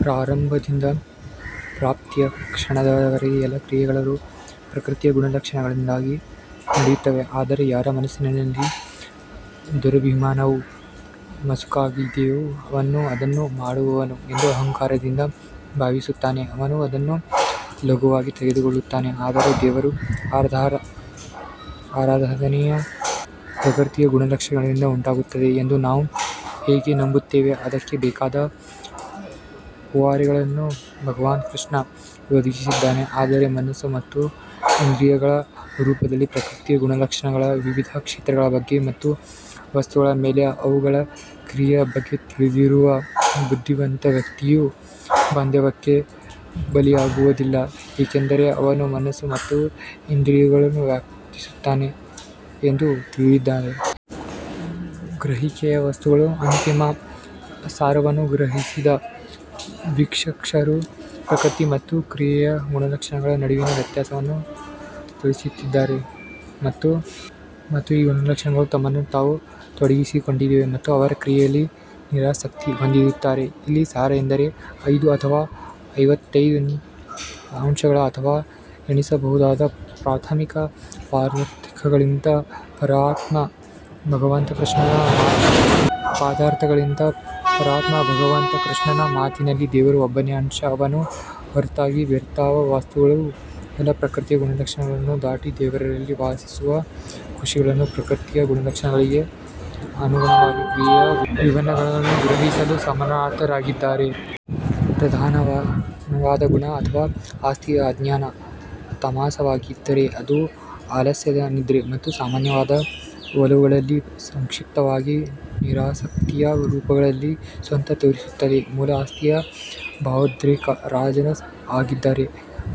ಪ್ರಾರಂಭದಿಂದ ಪ್ರಾಪ್ತಿಯ ಕ್ಷಣದವರೆಗೆ ಎಲ್ಲಾ ಕ್ರಿಯೆಗಳು ಪ್ರಕೃತಿಯ ಗುಣಲಕ್ಷಣಗಳಿಂದಾಗಿ ನಡೆಯುತ್ತವೆ ಆದರೆ ಯಾರ ಮನಸ್ಸಿನಲ್ಲಿ ದುರಭಿಮಾನವು ಮಸುಕಾಗಿದೆಯೋ ಅವನು ಅದನ್ನು ಮಾಡುವವನು ಎಂದು ಅಹಂಕಾರದಿಂದ ಭಾವಿಸುತ್ತಾನೆ. ಅವನು ಅದನ್ನು ಲಘುವಾಗಿ ತೆಗೆದುಕೊಳ್ಳುತ್ತಾನೆ ಆದರೆ ದೇವರ ಆರಾಧನೆಯು ಪ್ರಕೃತಿಯ ಗುಣಲಕ್ಷಣಗಳಿಂದ ಉಂಟಾಗುತ್ತದೆ ಎಂದು ನಾವು ಹೇಗೆ ನಂಬುತ್ತೇವೆ ಅದಕ್ಕೆ ಬೇಕಾದ ಪುರಾವೆಗಳನ್ನು ಭಗವಾನ್ ಕೃಷ್ಣ ಒದಗಿಸಿದ್ದಾರೆ ಆದರೆ ಮನಸ್ಸು ಮತ್ತು ಇಂದ್ರಿಯಗಳ ರೂಪದಲ್ಲಿ ಪ್ರಕೃತಿಯ ಗುಣಲಕ್ಷಣಗಳ ವಿವಿಧ ಕ್ಷೇತ್ರಗಳ ಬಗ್ಗೆ ಮತ್ತು ವಸ್ತುಗಳ ಮೇಲೆ ಅವುಗಳ ಕ್ರಿಯೆಯ ಬಗ್ಗೆ ತಿಳಿದಿರುವ ಬುದ್ಧಿವಂತ ವ್ಯಕ್ತಿಯು ಬಾಂಧವ್ಯಕ್ಕೆ ಬಲಿಯಾಗುವುದಿಲ್ಲ, ಏಕೆಂದರೆ ಅವನು ಮನಸ್ಸು ಮತ್ತು ಇಂದ್ರಿಯಗಳು ವಾಸಿಸುತ್ತವೆ ಎಂದು ತಿಳಿದಿದ್ದಾನೆ. ಗ್ರಹಿಕೆಯ ವಸ್ತುಗಳು ಅಂತಿಮ ಸಾರವನ್ನು ಗ್ರಹಿಸಿದ ವೀಕ್ಷಕರು ಪ್ರಕೃತಿ ಮತ್ತು ಕ್ರಿಯೆಯ ಗುಣಲಕ್ಷಣಗಳ ನಡುವಿನ ವ್ಯತ್ಯಾಸವನ್ನು ತಿಳಿದಿರುತ್ತಾರೆ ಮತ್ತು ಈ ಗುಣಲಕ್ಷಣಗಳು ತಮ್ಮನ್ನು ತಾವು ತೊಡಗಿಸಿಕೊಂಡಿವೆ ಮತ್ತು ಅವರ ಕ್ರಿಯೆಯಲ್ಲಿ ನಿರಾಸಕ್ತಿ ಹೊಂದಿರುತ್ತಾರೆ. ಇಲ್ಲಿ ಸಾರ ಎಂದರೆ ಐದು ಅಥವಾ ಇಪ್ಪತ್ತೈದು ಅಂಶಗಳು ಅಥವಾ ಎಣಿಸಬಹುದಾದ ಪ್ರಾಥಮಿಕ ಪದಾರ್ಥಗಳಿಗಿಂತ ಪರಮಾತ್ಮ ಭಗವಂತ ಕೃಷ್ಣನ ಮಾತಿನಲ್ಲಿ ದೇವರು ಒಬ್ಬನೇ ಅಂಶ ಅವನ ಹೊರತಾಗಿ ಬೇರಾವ ವಾಸ್ತವವೂ ಇಲ್ಲ ಪ್ರಕೃತಿಯ ಗುಣಲಕ್ಷಣಗಳನ್ನು ದಾಟಿ, ದೇವರಲ್ಲಿ ವಾಸಿಸುವ ಋಷಿಗಳು ಪ್ರಕೃತಿಯ ಗುಣಲಕ್ಷಣಗಳಿಗೆ ಅನುಗುಣವಾಗಿ ಕ್ರಿಯೆಯ ವಿಭಾಗಗಳನ್ನು ಗ್ರಹಿಸಲು ಸಮರ್ಥರಾಗಿದ್ದಾರೆ. ಪ್ರಧಾನವಾದ ಗುಣ ಅಥವಾ ಆಸ್ತಿಯು ಅಜ್ಞಾನ ತಾಮಸವಾಗಿದ್ದರೆ ಅದು ಆಲಸ್ಯದ ನಿದ್ರೆ ಮತ್ತು ಸಾಮಾನ್ಯವಾದ ಒಲವುಗಳಲ್ಲಿ ಸಂಕ್ಷಿಪ್ತವಾಗಿ ನಿರಾಸಕ್ತಿಯ ರೂಪಗಳಲ್ಲಿ ಸ್ವತಃ ತೋರಿಸುತ್ತದೆ. ಮೂಲ ಆಸ್ತಿಯು ಭಾವೋದ್ರೇಕ ರಾಜಸ್ ಆಗಿದ್ದರೆ,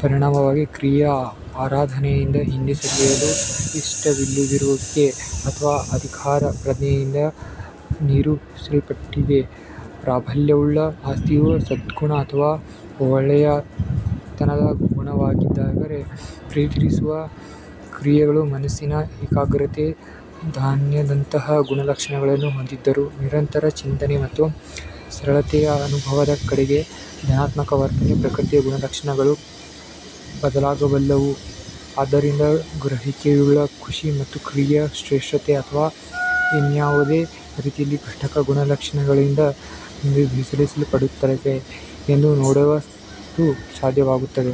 ಪರಿಣಾಮವಾಗಿ ಕ್ರಿಯೆಯು ಆರಾಧನೆಯಿಂದ ಹಿಂದೆ ಸರಿಯಲು ಇಷ್ಟವಿಲ್ಲದಿರುವಿಕೆ ಮತ್ತು ಅಧಿಕಾರದ ಪ್ರಜ್ಞೆಯಿಂದ ನಿರೂಪಿಸಲ್ಪಟ್ಟಿದೆ. ಪ್ರಾಬಲ್ಯವುಳ್ಳ ಆಸ್ತಿಯು ಸದ್ಗುಣ ಅಥವಾ ಒಳ್ಳೆಯತನದ ಗುಣವಾಗಿದ್ದರೆ ಅದು ಪ್ರೇರೇಪಿಸುವ ಕ್ರಿಯೆಗಳು ಮನಸ್ಸಿನ ಏಕಾಗ್ರತೆ ಧ್ಯಾನದಂತಹ ಗುಣಲಕ್ಷಣಗಳನ್ನು ಹೊಂದಿದ್ದು ನಿರಂತರ ಚಿಂತನೆ ಮತ್ತು ಸರಳತೆಯ ಅನುಭವದ ಕಡೆಗೆ ಧನಾತ್ಮಕ ವರ್ತನೆ ಪ್ರಕೃತಿಯ ಗುಣಲಕ್ಷಣಗಳು ಬದಲಾಗಬಲ್ಲವು ಆದ್ದರಿಂದ ಗ್ರಹಿಕೆಯುಳ್ಳ ಋಷಿ ಮಾತ್ರ ಕ್ರಿಯೆಯ ಶ್ರೇಷ್ಠತೆ ಅಥವಾ ಇನ್ಯಾವುದೇ ರೀತಿಯಲ್ಲಿ ಘಟಕ ಗುಣಲಕ್ಷಣಗಳಿಂದ ನಿರ್ಧರಿಸಲ್ಪಡುತ್ತದೆ ಎಂದು ನೋಡಲು ಸಾಧ್ಯವಾಗುತ್ತದೆ.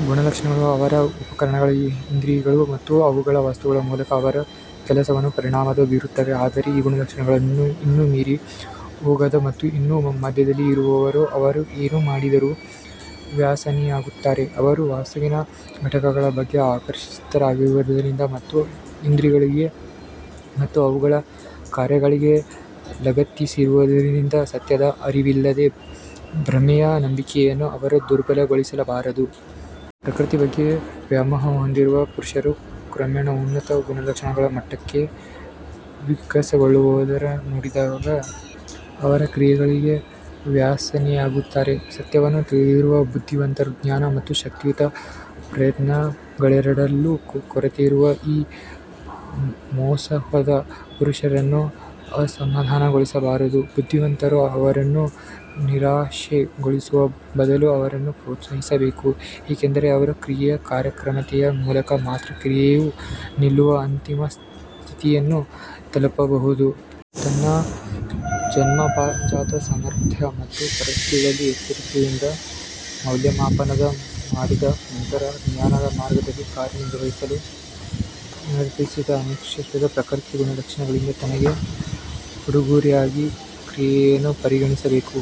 ಈ ಗುಣಲಕ್ಷಣಗಳು ಅವರ ಉಪಕರಣಗಳು ಇಂದ್ರಿಯಗಳು ಮತ್ತು ಅವುಗಳ ವಸ್ತುಗಳ ಮೂಲಕ ಅವರ ಕೆಲಸವನ್ನು ಪರಿಣಾಮ ಬೀರುತ್ತವೆ ಆದರೆ ಈ ಗುಣಲಕ್ಷಣಗಳನ್ನು ಇನ್ನೂ ಮೀರಿ ಹೋಗದ ಮತ್ತು ಇನ್ನೂ ಮಧ್ಯದಲ್ಲಿ ಇರುವವರು ಅವರು ಏನು ಮಾಡಿದರೂ ವ್ಯಸನಿಯಾಗುತ್ತಾರೆ ಅವರು ವಸ್ತುವಿನ ಘಟಕಗಳ ಬಗ್ಗೆ ಆಕರ್ಷಿತರಾಗಿರುವುದರಿಂದ ಮತ್ತು ಇಂದ್ರಿಯಗಳಿಗೆ ಮತ್ತು ಅವುಗಳ ಕಾರ್ಯಗಳಿಗೆ ಲಗತ್ತಿಸಿರುವುದರಿಂದ ಸತ್ಯದ ಅರಿವಿಲ್ಲದ ಭ್ರಮೆಯ ನಂಬಿಕೆಯನ್ನು ಅವರು ದುರ್ಬಲಗೊಳಿಸಬಾರದು. ಪ್ರಕೃತಿಯ ಬಗ್ಗೆ ವ್ಯಾಮೋಹ ಹೊಂದಿರುವ ಪುರುಷರು ಕ್ರಮೇಣ ಉನ್ನತ ಗುಣಲಕ್ಷಣಗಳ ಮಟ್ಟಕ್ಕೆ ವಿಕಸನಗೊಳ್ಳುವುದನ್ನು ನೋಡಿದಾಗ ಅವರ ಕ್ರಿಯೆಗಳಿಗೆ ವ್ಯಸನಿಯಾಗುತ್ತಾರೆ. ಸತ್ಯವನ್ನು ತಿಳಿದಿರುವ ಬುದ್ಧಿವಂತರು ಜ್ಞಾನ ಮತ್ತು ಶಕ್ತಿಯುತ ಪ್ರಯತ್ನಗಳೆರಡರಲ್ಲೂ ಕೊರತೆಯಿರುವ ಈ ಮೋಸಹೋದ ಪುರುಷರನ್ನು ಅಸಮಾಧಾನಗೊಳಿಸಬಾರದು. ಬುದ್ಧಿವಂತರು ಅವರನ್ನು ನಿರಾಶೆಗೊಳಿಸುವ ಬದಲು ಅವರನ್ನು ಪ್ರೋತ್ಸಾಹಿಸಬೇಕು ಏಕೆಂದರೆ ಅವರು ಕ್ರಿಯೆಯ ಕಾರ್ಯಕ್ಷಮತೆಯ ಮೂಲಕ ಮಾತ್ರ ಕ್ರಿಯೆಯು ನಿಲ್ಲುವ ಅಂತಿಮ ಸ್ಥಿತಿಯನ್ನು ತಲುಪಬಹುದು. ತನ್ನ ಜನ್ಮಜಾತ ಸಾಮರ್ಥ್ಯ ಮತ್ತು ಪರಿಸ್ಥಿತಿಯನ್ನು ಎಚ್ಚರಿಕೆಯಿಂದ ಮೌಲ್ಯಮಾಪನ ಮಾಡಿದ ನಂತರ ಜ್ಞಾನದ ಮಾರ್ಗದಲ್ಲಿ ಕಾರ್ಯನಿರ್ವಹಿಸಲು ನಿರ್ಧರಿಸಿದ ಅನ್ವೇಷಕನು ಪ್ರಕೃತಿಯ ಗುಣಲಕ್ಷಣಗಳಿಂದ ತನಗೆ ಉಡುಗೊರೆಯಾಗಿ ಕ್ರಿಯೆಯನ್ನು ಪರಿಗಣಿಸಬೇಕು.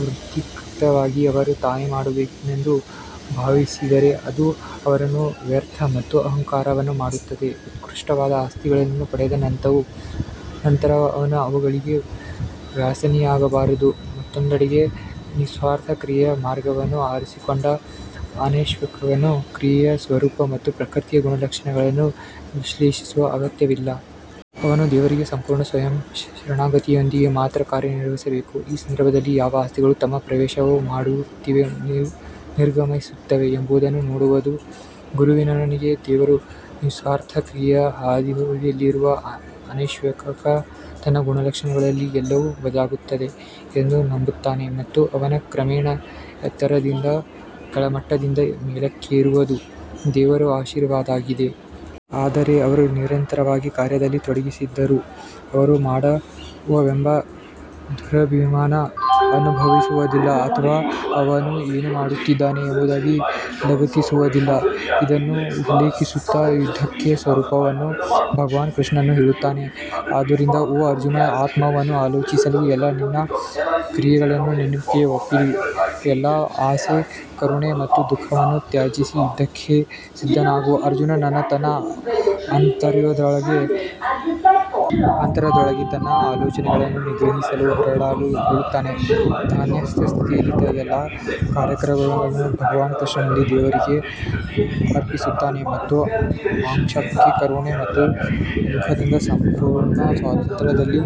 ವ್ಯತಿರಿಕ್ತವಾಗಿ ಅವನು ತಾನೇ ಮಾಡುವವನೆಂದು ಭಾವಿಸಿದರೆ ಅದು ಅವನನ್ನು ವ್ಯರ್ಥ ಮತ್ತು ಅಹಂಕಾರವನ್ನು ಮಾಡುತ್ತದೆ. ಉತ್ಕೃಷ್ಟವಾದ ಆಸ್ತಿಗಳನ್ನು ಪಡೆದ ನಂತರವೂ ಅವನು ಅವುಗಳಿಗೆ ವ್ಯಸನಿಯಾಗಬಾರದು ಮತ್ತೊಂದೆಡೆ ನಿಸ್ವಾರ್ಥ ಕ್ರಿಯೆಯ ಮಾರ್ಗವನ್ನು ಆರಿಸಿಕೊಂಡ ಅನ್ವೇಷಕನು ಕ್ರಿಯೆಯ ಸ್ವರೂಪ ಮತ್ತು ಪ್ರಕೃತಿಯ ಗುಣಲಕ್ಷಣಗಳನ್ನು ವಿಶ್ಲೇಷಿಸುವ ಅಗತ್ಯವಿಲ್ಲ. ಅವನು ದೇವರಿಗೆ ಸಂಪೂರ್ಣ ಸ್ವಯಂ ಶರಣಾಗತಿಯೊಂದಿಗೆ ಮಾತ್ರ ಕಾರ್ಯನಿರ್ವಹಿಸಬೇಕು ಈ ಸಂದರ್ಭದಲ್ಲಿ ಯಾವ ಆಸ್ತಿಗಳು ತಮ್ಮ ಪ್ರವೇಶವನ್ನು ಮಾಡುತ್ತಿವೆ ಮತ್ತು ನಿರ್ಗಮಿಸುತ್ತಿವೆ ಎಂಬುದನ್ನು ನೋಡುವುದು ಗುರುವಿನೊಳಗಿನ ದೇವರು ನಿಸ್ವಾರ್ಥ ಕ್ರಿಯೆಯ ಹಾದಿಯಲ್ಲಿರುವ ಅನ್ವೇಷಕನು ತನ್ನ ಗುಣಲಕ್ಷಣಗಳಲ್ಲಿ ಎಲ್ಲವೂ ಬದಲಾಗುತ್ತದೆ ಎಂದು ನಂಬುತ್ತಾನೆ ಮತ್ತು ಅವನ ಕ್ರಮೇಣ ಎತ್ತರದಿಂದ ಕೆಳಮಟ್ಟದಿಂದ ಮೇಲಕ್ಕೆ ಏರುವುದು ದೇವರ ಆಶೀರ್ವಾದವಾಗಿದೆ. ಆದ್ದರಿಂದ ಅವನು ನಿರಂತರವಾಗಿ ಕಾರ್ಯದಲ್ಲಿ ತೊಡಗಿಸಿಕೊಂಡಿದ್ದರೂ ಅವನು ಮಾಡುವವನೆಂಬ ದುರಭಿಮಾನವನ್ನು ಅನುಭವಿಸುವುದಿಲ್ಲ ಅಥವಾ ಅವನು ಏನು ಮಾಡುತ್ತಿದ್ದಾನೆ ಎಂಬುದಕ್ಕೆ ಲಗತ್ತಿಸುವುದಿಲ್ಲ. ಇದನ್ನು ಉಲ್ಲೇಖಿಸುತ್ತಾ ಯುದ್ಧದ ಸ್ವರೂಪವನ್ನು ಭಗವಾನ್ ಕೃಷ್ಣನು ಹೇಳುತ್ತಾನೆ ಆದುದರಿಂದ ಓ ಅರ್ಜುನನು ಆತ್ಮವನ್ನು ಆಲೋಚಿಸು ನಿನ್ನ ಎಲ್ಲಾ ಕ್ರಿಯೆಯನ್ನು ನನಗೆ ಒಪ್ಪಿಸಿ ಎಲ್ಲಾ ಆಸೆ ಕರುಣೆ ಮತ್ತು ದುಃಖವನ್ನು ತ್ಯಜಿಸಿ ಯುದ್ಧಕ್ಕೆ ಸಿದ್ಧನಾಗು ಅರ್ಜುನನು ತನ್ನ ಆಂತರ್ಯದೊಳಗೆ ತನ್ನ ಆಲೋಚನೆಗಳನ್ನು ನಿಗ್ರಹಿಸಲು ಹೋರಾಡಲು ಹೇಳುತ್ತಾನೆ ಧ್ಯಾನಸ್ಥ ಸ್ಥಿತಿಯಲ್ಲಿ ತನ್ನ ಎಲ್ಲಾ ಕಾರ್ಯಗಳನ್ನು ಭಗವಾನ್ ಕೃಷ್ಣನಲ್ಲಿ ದೇವರಿಗೆ ಅರ್ಪಿಸುತ್ತಾನೆ ಮತ್ತು ಆಕಾಂಕ್ಷೆ ಕರುಣೆ ಮತ್ತು ದುಃಖದಿಂದ ಸಂಪೂರ್ಣ ಸ್ವಾತಂತ್ರ್ಯದಲ್ಲಿ.